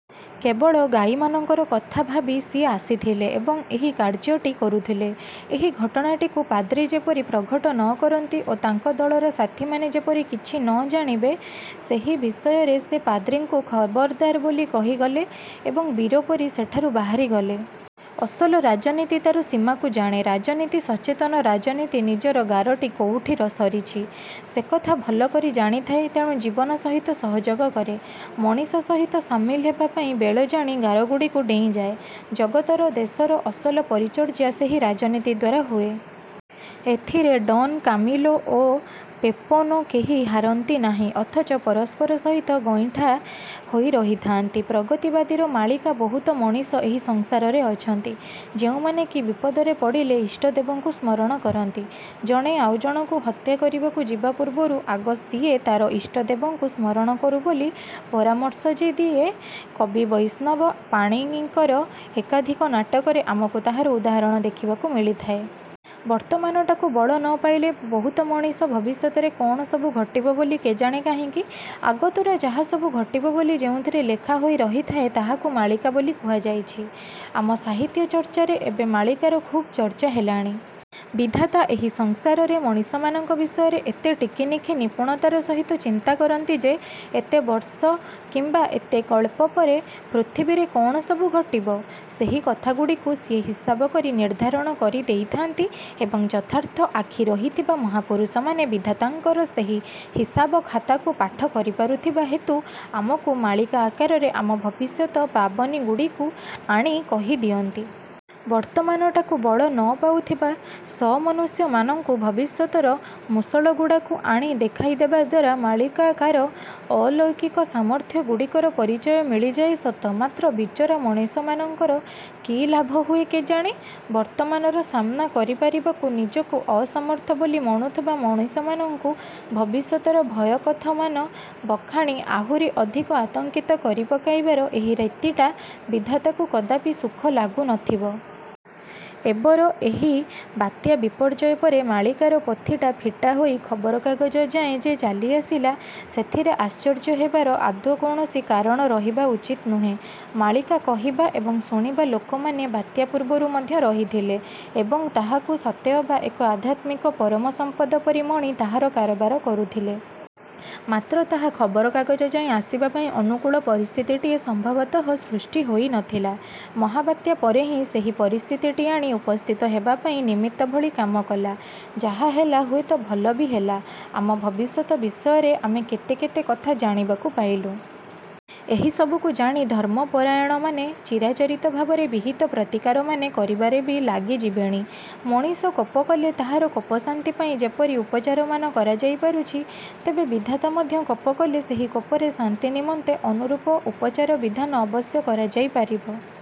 କେବଳ ଗାଈମାନଙ୍କର କଥା ଭାବି ସିଏ ଆସିଥିଲେ ଏବଂ ଏହି କାର୍ଯ୍ୟଟି କରୁଥିଲେ। ଏହି ଘଟଣାଟିକୁ ପାଦ୍ରୀ ଯେପରି ପ୍ରଘଟ ନକରନ୍ତି ଓ ତାଙ୍କ ଦଳରେ ସାଥୀମାନେ ଯେପରି କିଛି ନଜାଣିବେ, ସେହି ବିଷୟରେ ସେ ପାଦ୍ରୀଙ୍କୁ ଖବରଦାର ବୋଲି କହିଗଲେ ଏବଂ ବୀର ପରି ସେଠାରୁ ବାହାରିଗଲେ। ଅସଲ ରାଜନୀତି ତା'ର ସୀମାକୁ ଜାଣେ। ରାଜନୀତି, ସଚେତନ ରାଜନୀତି ନିଜର ଗାରଟି କୋଉଠି ସରିଛି, ସେକଥା ଭଲକରି ଜାଣିଥାଏ ତେଣୁ ଜୀବନ ସହିତ ସହଯୋଗ କରେ, ମଣିଷ ସହିତ ସାମିଲ ହେବା ପାଇଁ ବେଳ ଜାଣି ଗାରଗୁଡ଼ିକୁ ଡ଼େଇଁଯାଏ। ଜଗତର, ଦେଶର ଅସଲ ପରିଚର୍ଯ୍ୟା ସେହି ରାଜନୀତି ଦ୍ୱାରା ହୁଏ। ଏଥିରେ ଡ଼ନ୍ କାମିଲୋ ଓ ପେପୋନେ କେହି ହାରନ୍ତି ନାହିଁ। ଅଥଚ ପରସ୍ପର ସହିତ ଗଇଁଠା ହୋଇ ରହିଥାନ୍ତି। ପ୍ରଗତିବାଦୀର ମାଳିକା ବହୁତ ମଣିଷ ଏହି ସଂସାରରେ ଅଛନ୍ତି, ଯେଉଁମାନେ କି ବିପଦରେ ପଡ଼ିଲେ ଇଷ୍ଟଦେବଙ୍କୁ ସ୍ମରଣ କରନ୍ତି। ଜଣେ ଆଉଜଣକୁ ହତ୍ୟା କରିବାକୁ ଯିବା ପୂର୍ବରୁ ଆଗ ସିଏ ତା'ର ଇଷ୍ଟଦେବଙ୍କୁ ସ୍ମରଣ କରୁ ବୋଲି ପରାମର୍ଶ ଯେ ଦିଏ, କବି ବୈଷ୍ଣବ ପାଣିଙ୍କର ଏକାଧିକ ନାଟକରେ ଆମକୁ ତାହାର ଉଦାହରଣ ଦେଖିବାକୁ ମିଳିଥାଏ। ବର୍ତ୍ତମାନଟାକୁ ବଳ ନପାଇଲେ ବହୁତ ମଣିଷ ଭବିଷ୍ୟତରେ କ'ଣ ସବୁ ଘଟିବ ବୋଲି କେଜାଣି କାହିଁକି? ଆଗତୁରା ଯାହାସବୁ ଘଟିବ ବୋଲି ଯେଉଁଥିରେ ଲେଖା ହୋଇ ରହିଥାଏ, ତାହାକୁ ମାଳିକା ବୋଲି କୁହାଯାଇଛି। ଆମ ସାହିତ୍ୟଚର୍ଚ୍ଚାରେ ଏବେ ମାଳିକାର ଖୁବ୍ ଚର୍ଚ୍ଚା ହେଲାଣି। ବିଧାତା ଏହି ସଂସାରରେ ମଣିଷମାନଙ୍କ ବିଷୟରେ ଏତେ ଟିକିନିଖି ନିପୁଣତାର ସହିତ ଚିନ୍ତା କରନ୍ତି ଯେ, ଏତେ ବର୍ଷ କିମ୍ବା ଏତେ କଳ୍ପ ପରେ ପୃଥିବୀରେ କ'ଣ ସବୁ ଘଟିବ, ସେହି କଥାଗୁଡ଼ିକୁ ସିଏ ହିସାବ କରି ନିର୍ଦ୍ଧାରଣ କରି ଦେଇଥାନ୍ତି ଏବଂ ଯଥାର୍ଥ ଆଖି ରହିଥିବା ମହାପୁରୁଷମାନେ ବିଧାତାଙ୍କର ସେହି ହିସାବଖାତାକୁ ପାଠ କରିପାରୁଥିବା ହେତୁ ଆମକୁ ମାଳିକା ଆକାରରେ ଆମ ଭବିଷ୍ୟତ ବାବନିଗୁଡ଼ିକୁ ଆଣି କହିଦିଅନ୍ତି। ବର୍ତ୍ତମାନଟାକୁ ବଳ ନପାଉଥିବା ସମନୁଷ୍ୟମାନଙ୍କୁ ଭବିଷ୍ୟତର ମୂଷଳଗୁଡ଼ାକୁ ଆଣି ଦେଖାଇଦେବା ଦ୍ୱାରା ମାଳିକାକାର ଅଲୌକିକ ସାମର୍ଥ୍ୟଗୁଡ଼ିକର ପରିଚୟ ମିଳିଯାଏ ସତ ମାତ୍ର ବିଚରା ମଣିଷମାନଙ୍କର କି ଲାଭ ହୁଏ କେଜାଣି? ବର୍ତ୍ତମାନର ସାମ୍ନା କରିପାରିବାକୁ ନିଜକୁ ଅସମର୍ଥ ବୋଲି ମଣୁଥିବା ମଣିଷମାନଙ୍କୁ ଭବିଷ୍ୟତର ଭୟକଥାମାନ ବଖାଣି ଆହୁରି ଅଧିକ ଆତଙ୍କିତ କରି ପକାଇବାର ଏହି ରୀତିଟା ବିଧାତାକୁ କଦାପି ସୁଖ ଲାଗୁନଥିବ। ଏବର ଏହି ବାତ୍ୟାବିପର୍ଯ୍ୟୟ ପରେ ମାଳିକାର ପୋଥିଟା ଫିଟା ହୋଇ ଖବରକାଗଜ ଯାଏ ଯେ ଚାଲିଆସିଲା, ସେଥିରେ ଆଶ୍ଚର୍ଯ୍ୟ ହେବାର ଆଦୌ କୌଣସି କାରଣ ରହିବା ଉଚିତ ନୁହେଁ। ମାଳିକା କହିବା ଏବଂ ଶୁଣିବା ଲୋକମାନେ ବାତ୍ୟା ପୂର୍ବରୁ ମଧ୍ୟ ରହିଥିଲେ ଏବଂ ତାହାକୁ ସତେଅବା ଏକ ଆଧ୍ୟାତ୍ମିକ ପରମ ସମ୍ପଦ ପରି ମଣି ତାହାର କାରବାର କରୁଥିଲେ। ମାତ୍ର ତାହା ଖବରକାଗଜ ଯାଏ ଆସିବା ପାଇଁ ଅନୁକୂଳ ପରିସ୍ଥିତିଟିଏ ସମ୍ଭବତଃ ସୃଷ୍ଟି ହୋଇନଥିଲା। ମହାବାତ୍ୟା ପରେ ହିଁ ସେହି ପରିସ୍ଥିତିଟି ଆଣି ଉପସ୍ଥିତ ହେବା ପାଇଁ ନିମିତ୍ତ ଭଳି କାମ କଲା। ଯାହା ହେଲା, ହୁଏତ ଭଲ ବି ହେଲା। ଆମ ଭବିଷ୍ୟତ ବିଷୟରେ ଆମେ କେତେ କେତେ କଥା ଜାଣିବାକୁ ପାଇଲୁ। ଏହିସବୁକୁ ଜାଣି ଧର୍ମପରାୟଣମାନେ ଚିରାଚରିତ ଭାବରେ ବିହିତ ପ୍ରତିକାରମାନେ କରିବାରେ ବି ଲାଗିଯିବେଣି। ମଣିଷ କୋପକଲେ ତାହାର କୋପଶାନ୍ତି ପାଇଁ ଯେପରି ଉପଚାରମାନ କରାଯାଇ ପାରୁଛି, ତେବେ ବିଧାତା ମଧ୍ୟ କୋପକଲେ ସେହି କୋପରେ ଶାନ୍ତି ନିମନ୍ତେ ଅନୁରୂପ ଉପଚାରବିଧାନ ଅବଶ୍ୟ କରାଯାଇପାରିବ।